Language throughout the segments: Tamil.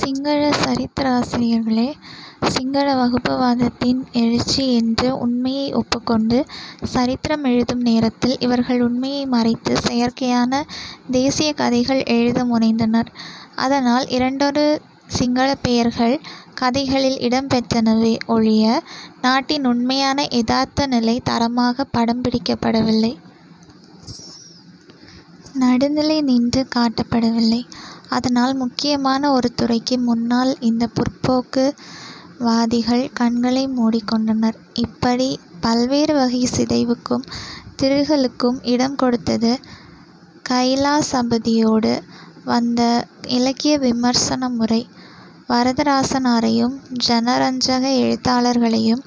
சிங்களச் சரித்திராசியர்களே 'சிங்கள வகுப்புவாதத்தின் எழுச்சி' என்று உண்மையை ஒப்புக்கொண்டு சரித்திரம் எழுதும் நேரத்தில் இவர்கள் உண்மையை மறைத்து, செயற்கையான 'தேசியக்' கதைகள் எழுத முனைந்தனர். அதனால் இரண்டொரு சிங்களப் பெயர்கள் கதைகளில் இடம் பெற்றனவே ஒழிய நாட்டின் உண்மையான யதார்த்த நிலை தரமாகப் படம் பிடிக்கப்படவில்லை. நடுநிலை நின்று காட்டப்படவில்லை. அதனால் முக்கியமான ஒரு துறைக்கு முன்னால் இந்த 'முற்போக்கு' வாதிகள் கண்களை மூடிக்கொண்டனர். இப்படிப் பல்வேறு வகை சிதைவுக்கும் திருகலுக்கும் இடம் கொடுத்தது கைலாசபதியோடு வந்த இலக்கிய விமர்சன முறை. வரதராசனாரையும் ஜனரஞ்சக எழுத்தாளர்களையும்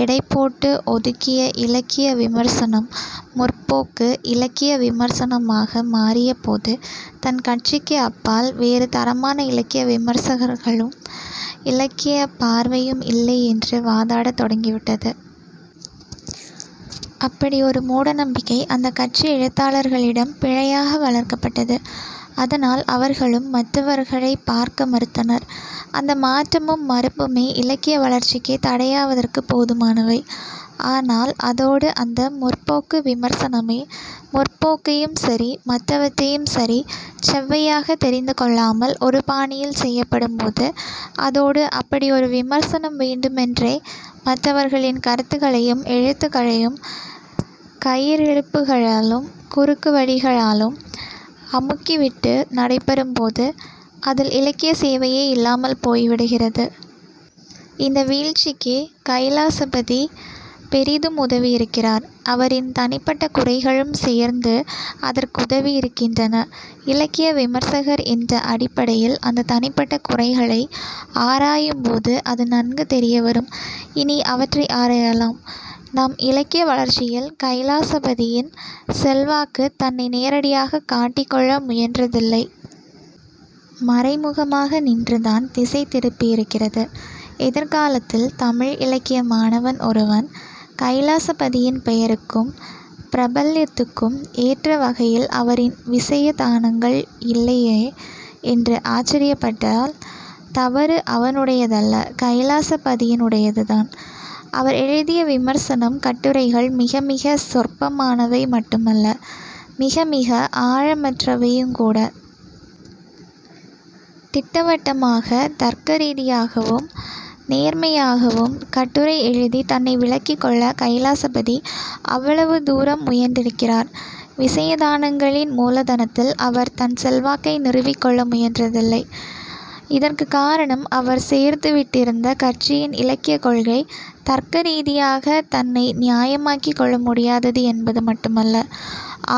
எடைபோட்டு ஒதுக்கிய இலக்கிய விமர்சனம் 'முற்போக்கு' இலக்கிய விமர்சனமாக மாறியபோது தன் கட்சிக்கு அப்பால் வேறு தரமான இலக்கிய விமர்சகர்களும் இலக்கியப் பார்வையும் இல்லை என்று வாதாடத் தொடங்கிவிட்டது. அப்படி ஒரு மூட நம்பிக்கை அந்தக் கட்சி எழுத்தாளர்களிடம் பிழையாக வளர்க்கப்பட்டது. அதனால் அவர்களும் மற்றவர்களைப் பார்க்க மறுத்தனர். அந்த மாற்றமும் மறுப்புமே இலக்கிய வளர்ச்சிக்குத் தடையாவதற்குப் போதுமானவை. ஆனால் அதோடு அந்த 'முற்போக்கு' விமர்சனமே, 'முற்போக்கையும்'யும் சரி, மற்றவற்றையும் சரி செவ்வையாகத் தெரிந்துகொள்ளாமல் ஒரு பாணியில் செய்யப்படும்போது, அதோடு அப்படி ஒரு விமர்சனம் வேண்டுமென்றே மற்றவர்களின் கருத்துகளையும் எழுத்துகளையும் கயிறிழுப்புகளாலும் குறுக்கு வழிகளாலும் அமுக்கிவிட்டு நடைபெறும்போது அதில் இலக்கியச் சேவையே இல்லாமல் போய்விடுகிறது. இந்த வீழ்ச்சிக்குக் கைலாசபதி பெரிதும் உதவியிருக்கிறார். அவரின் தனிப்பட்ட குறைகளும் சேர்ந்து அதற்கு உதவியிருக்கின்றன. இலக்கிய விமர்சகர் என்ற அடிப்படையில் அந்தத் தனிப்பட்ட குறைகளை ஆராயும்போது அது நன்கு தெரியவரும். இனி அவற்றை ஆராயலாம். நம் இலக்கிய வளர்ச்சியில் கைலாசபதியின் செல்வாக்கு தன்னை நேரடியாகக் காட்டிக்கொள்ள முயன்றதில்லை. மறைமுகமாக நின்றுதான் திசை திருப்பியிருக்கிறது. எதிர் காலத்தில் தமிழ் இலக்கிய மாணவன் ஒருவன் கைலாசபதியின் பெயருக்கும் பிரபல்யத்துக்கும் ஏற்ற வகையில் அவரின் விசயதானங்கள் இல்லையே என்று ஆச்சரியப்பட்டால் தவறு அவனுடையதல்ல, கைலாசபதியினுடையதுதான். அவர் எழுதிய விமர்சனம், கட்டுரைகள் மிக மிகச் சொற்பமானவை மட்டுமல்ல, மிக மிக ஆழமற்றவையுங்கூட. திட்டவட்டமாகத் தர்க்கரீதியாகவும் நேர்மையாகவும் கட்டுரை எழுதித் தன்னை விளக்கிக்கொள்ள கைலாசபதி அவ்வளவு தூரம் முயன்றிருக்கிறார். விசயதானங்களின் மூலதனத்தில் அவர் தன் செல்வாக்கை நிறுவிக்கொள்ள முயன்றதில்லை. இதற்குக் காரணம் அவர் சேர்ந்துவிட்டிருந்த கட்சியின் இலக்கியக்கொள்கை தர்க்க ரீதியாகத் தன்னை நியாயமாக்கிக்கொள்ள முடியாதது என்பது மட்டுமல்ல,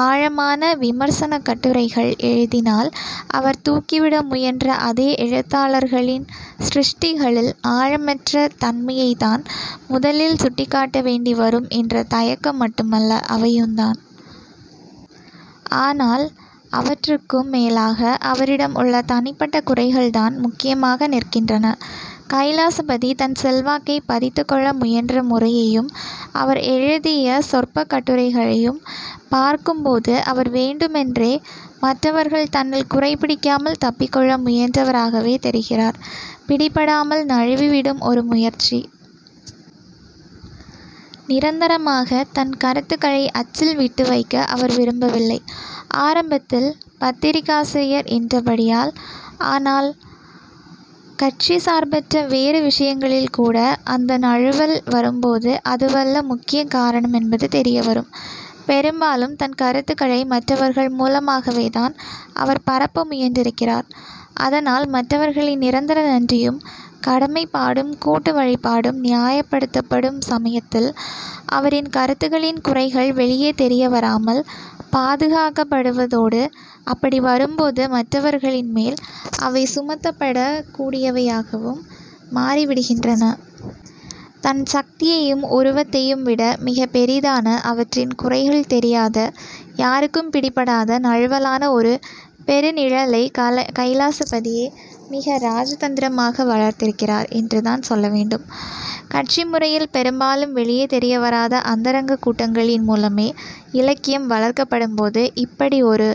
ஆழமான விமர்சனக் கட்டுரைகள் எழுதினால் அவர் தூக்கிவிட முயன்ற அதே எழுத்தாளர்களின் சிருஷ்டிகளில் ஆழமற்ற தன்மையைத்தான் முதலில் சுட்டிக் காட்ட வேண்டி வரும் என்ற தயக்கம் மட்டுமல்ல, அவையுந்தான். ஆனால் அவற்றுக்கும் மேலாக அவரிடம் உள்ள தனிப்பட்ட குறைகள்தான் முக்கியமாக நிற்கின்றன. கைலாசபதி தன் செல்வாக்கைப் பதித்துக் கொள்ள முயன்ற முறையையும் அவர் எழுதிய சொற்பக் கட்டுரைகளையும் பார்க்கும்போது அவர் வேண்டுமென்றே மற்றவர்கள் தன்னில் குறைபிடிக்காமல் தப்பிக்கொள்ள முயன்றவராகவே தெரிகிறார். பிடிபடாமல் நழுவிவிடும் ஒரு முயற்சி. நிரந்தரமாகத் தன் கருத்துக்களை அச்சில் விட்டுவைக்க அவர் விரும்பவில்லை, ஆரம்பத்தில் பத்திரிகாசிரியர் என்றபடியால். ஆனால் கட்சி சார்பற்ற வேறு விஷயங்களில்கூட அந்த நழுவல் வரும்போது அதுவல்ல முக்கிய காரணம் என்பது தெரியவரும். பெரும்பாலும் தன் கருத்துகளை மற்றவர்கள் மூலமாகவேதான் அவர் பரப்ப முயன்றிருக்கிறார். அதனால் மற்றவர்களின் நிரந்தர நன்றியும் கடமைப்பாடும் கூட்டு வழிபாடும் நியாயப்படுத்தப்படும் சமயத்தில் அவரின் கருத்துகளின் குறைகள் வெளியே தெரியவராமல் பாதுகாக்கப்படுவதோடு, அப்படி வரும்போது மற்றவர்களின்மேல் அவை சுமத்தப்படக் கூடியவையாகவும் மாறிவிடுகின்றன. தன் சக்தியையும் உருவத்தையும் விட மிகப் பெரிதான, அவற்றின் குறைகள் தெரியாத, யாருக்கும் பிடிபடாத நழுவலான ஒரு பெருநிழலை கைலாசபதியே மிக ராஜதந்திரமாக வளர்த்திருக்கிறார் என்றுதான் சொல்லவேண்டும். கட்சி முறையில் பெரும்பாலும் வெளியே தெரிய வராத அந்தரங்கக் கூட்டங்களின் மூலமே இலக்கியம் வளர்க்கப்படும்போது இப்படி ஒரு